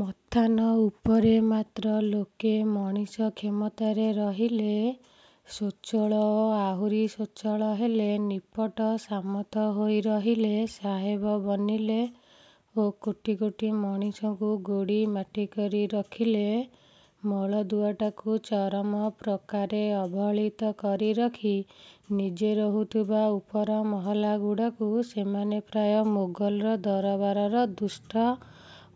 ମଥାନ ଉପରେ ମାତ୍ର ଲୋକେ ମଣିଷ କ୍ଷମତାରେ ରହିଲେ। ସୋଛଳ ଓ ଆହୁରି ସୋଛଳ ହେଲେ ନିପଟ ସାମନ୍ତ ହୋଇ ରହିଲେ । ସାହେବ ବନିଲେ ଓ କୋଟି କୋଟି ମଣିଷଙ୍କୁ ଗୋଡ଼ି ମାଟି କରି ରଖିଲେ। ମୂଳଦୁଆଟାକୁ ଚରମ ପ୍ରକାରେ ଅବହେଳିତ କରି ରଖି, ନିଜେ ରହୁଥିବା ଉପର ମହଲାଗୁଡ଼ାକୁ ସେମାନେ ପ୍ରାୟ ମୋଗଲ ଦରବାରର ଦୁଷ୍ଟ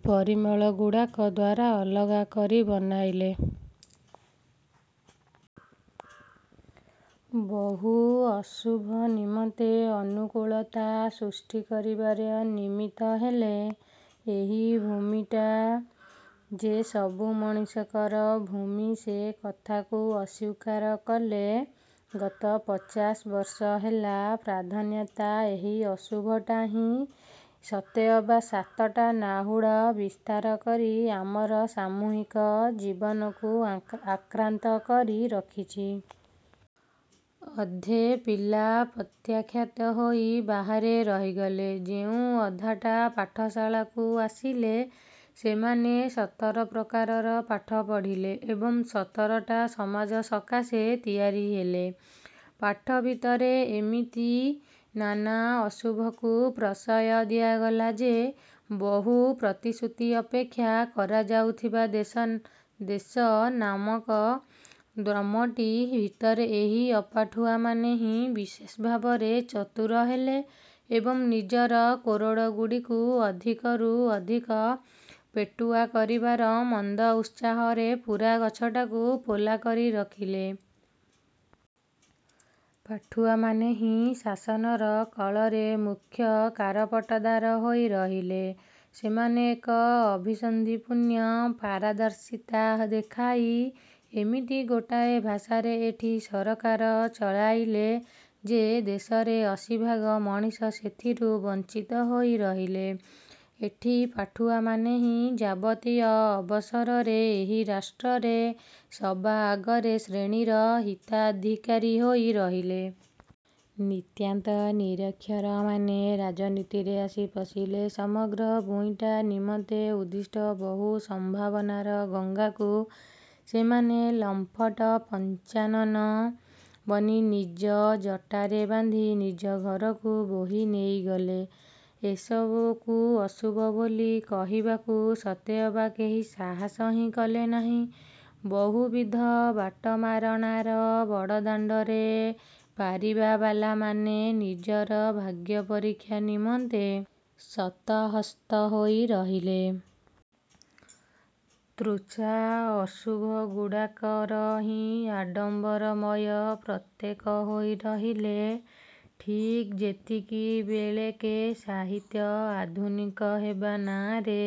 ପରିମଳଗୁଡ଼ାକ ଦ୍ଵାରା ଅଲଗା କରି ବନାଇଲେ। ବହୁ ଅଶୁଭ ନିମନ୍ତେ ଅନୁକୂଳତା ସୃଷ୍ଟି କରିବାରେ ନିମିତ୍ତ ହେଲେ। ଏହି ଭୂମିଟା ଯେ ସବୁ ମଣିଷଙ୍କର ଭୂମି ସେ କଥାକୁ ଅସ୍ୱୀକାର କଲେ। ଗତ ପଚାଶ ବର୍ଷ ହେଲା ପ୍ରଧାନତଃ ଏହି ଅଶୁଭଟା ହିଁ ସତେଅବା ସାତଟା ନାହୁଡ଼ ବିସ୍ତାର କରି ଆମର ସାମୂହିକ ଜୀବନକୁ ଆକ୍ରାନ୍ତ କରି ରଖିଛି। ଅଧେ ପିଲା ପ୍ରତ୍ୟାଖ୍ୟାତ ହୋଇ ବାହାରେ ରହିଗଲେ। ଯେଉଁ ଅଧଟା ପାଠଶାଳାକୁ ଆସିଲେ, ସେମାନେ ସତର ପ୍ରକାରର ପାଠ ପଢ଼ିଲେ ଏବଂ ସତରଟା ସମାଜ ସକାଶେ ତିଆରି ହେଲେ। ପାଠ ଭିତରେ ଏମିତି ନାନା ଅଶୁଭକୁ ପ୍ରଶ୍ରୟ ଦିଆଗଲା ଯେ ବହୁ ପ୍ରତିଶ୍ରୁତି ଅପେକ୍ଷା କରାଯାଉଥିବା ଦେଶ ନାମକ ଦ୍ରୂମଟି ଭିତରେ ଏହି ପାଠୁଆମାନେ ହିଁ ବିଶେଷଭାବରେ ଚତୁର ହେଲେ ଏବଂ ନିଜର କୋରଡ଼ଗୁଡ଼ିକୁ ଅଧିକରୁ ଅଧିକ ପେଟୁଆ କରିବାର ମନ୍ଦ ଉତ୍ସାହରେ ପୂରା ଗଛଟାକୁ ପୋଲା କରି ରଖିଲେ। ପାଠୁଆମାନେ ହିଁ ଶାସନର କଳରେ ମୁଖ୍ୟ କାରପଟଦାର ହୋଇ ରହିଲେ। ସେମାନେ ଏକ ଅଭିସନ୍ଧିପୂର୍ଣ୍ଣ ପାରଦର୍ଶିତା ଦେଖାଇ ଏମିତି ଗୋଟାଏ ଭାଷାରେ ଏଠି ସରକାର ଚଳାଇଲେ ଯେ, ଦେଶରେ ଅଶୀଭାଗ ମଣିଷ ସେଥିରୁ ବଂଚିତ ହୋଇ ରହିଲେ। ଏଠି ପାଠୁଆମାନେ ହିଁ ଯାବତୀୟ ଅବସରରେ ଏହି ରାଷ୍ଟ୍ରରେ ସବାଆଗ ଶ୍ରେଣୀର ହିତାଧିକାରୀ ହେଇ ରହିଲେ। ନିତାନ୍ତ ନିରକ୍ଷରମାନେ ରାଜନୀତିରେ ଆଶି ପଶିଲେ, ସମଗ୍ର ଭୂଇଁଟା ନିମନ୍ତେ ଉଦ୍ଦିଷ୍ଟ ବହୁ ସମ୍ଭାବନାର ଗଙ୍ଗାକୁ ସେମାନେ ଲମ୍ପଟ ପଞ୍ଚାନନ ବନି ନିଜ ଜଟାରେ ବାନ୍ଧି ନିଜ ଘରକୁ ବୋହି ନେଇଗଲେ। ଏସବୁକୁ ଅଶୁଭ ବୋଲି କହିବାକୁ ସତେଅବା କେହି ସାହସ ହିଁ କଲେନାହିଁ। ବହୁବିଧ ବାଟମାରଣାର ବଡ଼ଦାଣ୍ଡରେ ପାରିବାବାଲାମାନେ ନିଜର ଭାଗ୍ୟପରୀକ୍ଷା ନିମନ୍ତେ ଶତହସ୍ତ ହୋଇ ରହିଲେ। ତୁଚ୍ଛା ଅଶୁଭଗୁଡ଼ାକର ହିଁ ଆଡ଼ମ୍ବରମୟ ପ୍ରତେକ ହୋଇ ରହିଲେ। ଠିକ୍ ଯେତିକିବେଳେକେ ସାହିତ୍ୟ ଆଧୁନିକ ହେବା ନାଆଁରେ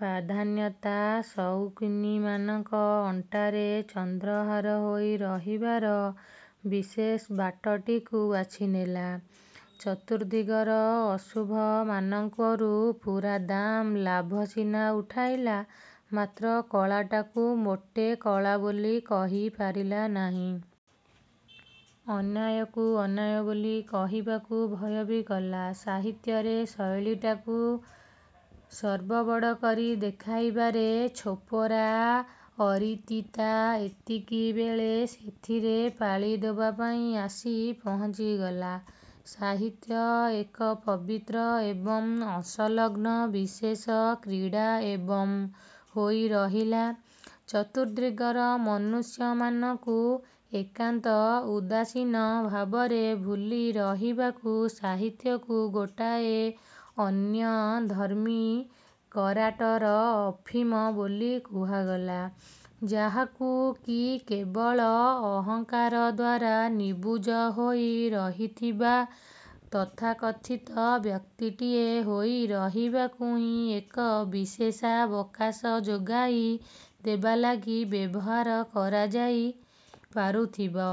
ପ୍ରଧାନ୍ୟତା ସଉକିନୀମାନଙ୍କ ଅଣ୍ଟାରେ ଚନ୍ଦ୍ରହାର ହୋଇ ରହିବାର ବିଶେଷ ବାଟଟିକୁ ବାଛିନେଲା। ଚତୁର୍ଦ୍ଦିଗର ଅଶୁଭମାନଙ୍କରୁ ପୂରାଦାମ୍ ଲାଭ ସିନା ଉଠାଇଲା, ମାତ୍ର କଳାଟାକୁ ମୋଟେ କଳା ବୋଲି କହିପାରିଲା ନାହିଁ। ଅନ୍ୟାୟକୁ ଅନ୍ୟାୟ ବୋଲି କହିବାକୁ ଭୟ ବି କଲା। ସାହିତ୍ୟରେ ଶୈଳୀଟାକୁ ସର୍ବବଡ଼ କରି ଦେଖାଇବାର ଛୋପରା ଅରୀତିଟା ଏତିକିବେଳେ ସେଥିରେ ପାଳି ଦେବାପାଇଁ ଆସି ପହଞ୍ଚିଗଲା। ସାହିତ୍ୟ ଏକ ପବିତ୍ର ଏବଂ ଅସଂଲଗ୍ନ ବିଶେଷ କ୍ରୀଡ଼ା ଏବଂ ହୋଇ ରହିଲା। ଚତୁର୍ଦ୍ଦିଗର ମନୁଷ୍ୟମାନଙ୍କୁ ଏକାନ୍ତ ଉଦାସୀନ ଭାବରେ ଭୁଲି ରହିବାକୁ ସାହିତ୍ୟକୁ ଗୋଟାଏ ଅନ୍ୟଧର୍ମୀ କରାଟର ଅଫିମ ବୋଲି କୁହାଗଲା, ଯାହାକୁ କି କେବଳ ଅହଙ୍କାର ଦ୍ଵାରା ନିବୁଜ ହୋଇ ରହିଥିବା ତଥାକଥିତ ବ୍ୟକ୍ତିଟିଏ ହୋଇ ରହିବାକୁ ହିଁ ଏକ ବିଶେଷାବକାଶ ଯୋଗାଇ ଦେବାଲାଗି ବ୍ୟବହାର କରାଯାଇ ପାରୁଥିବ।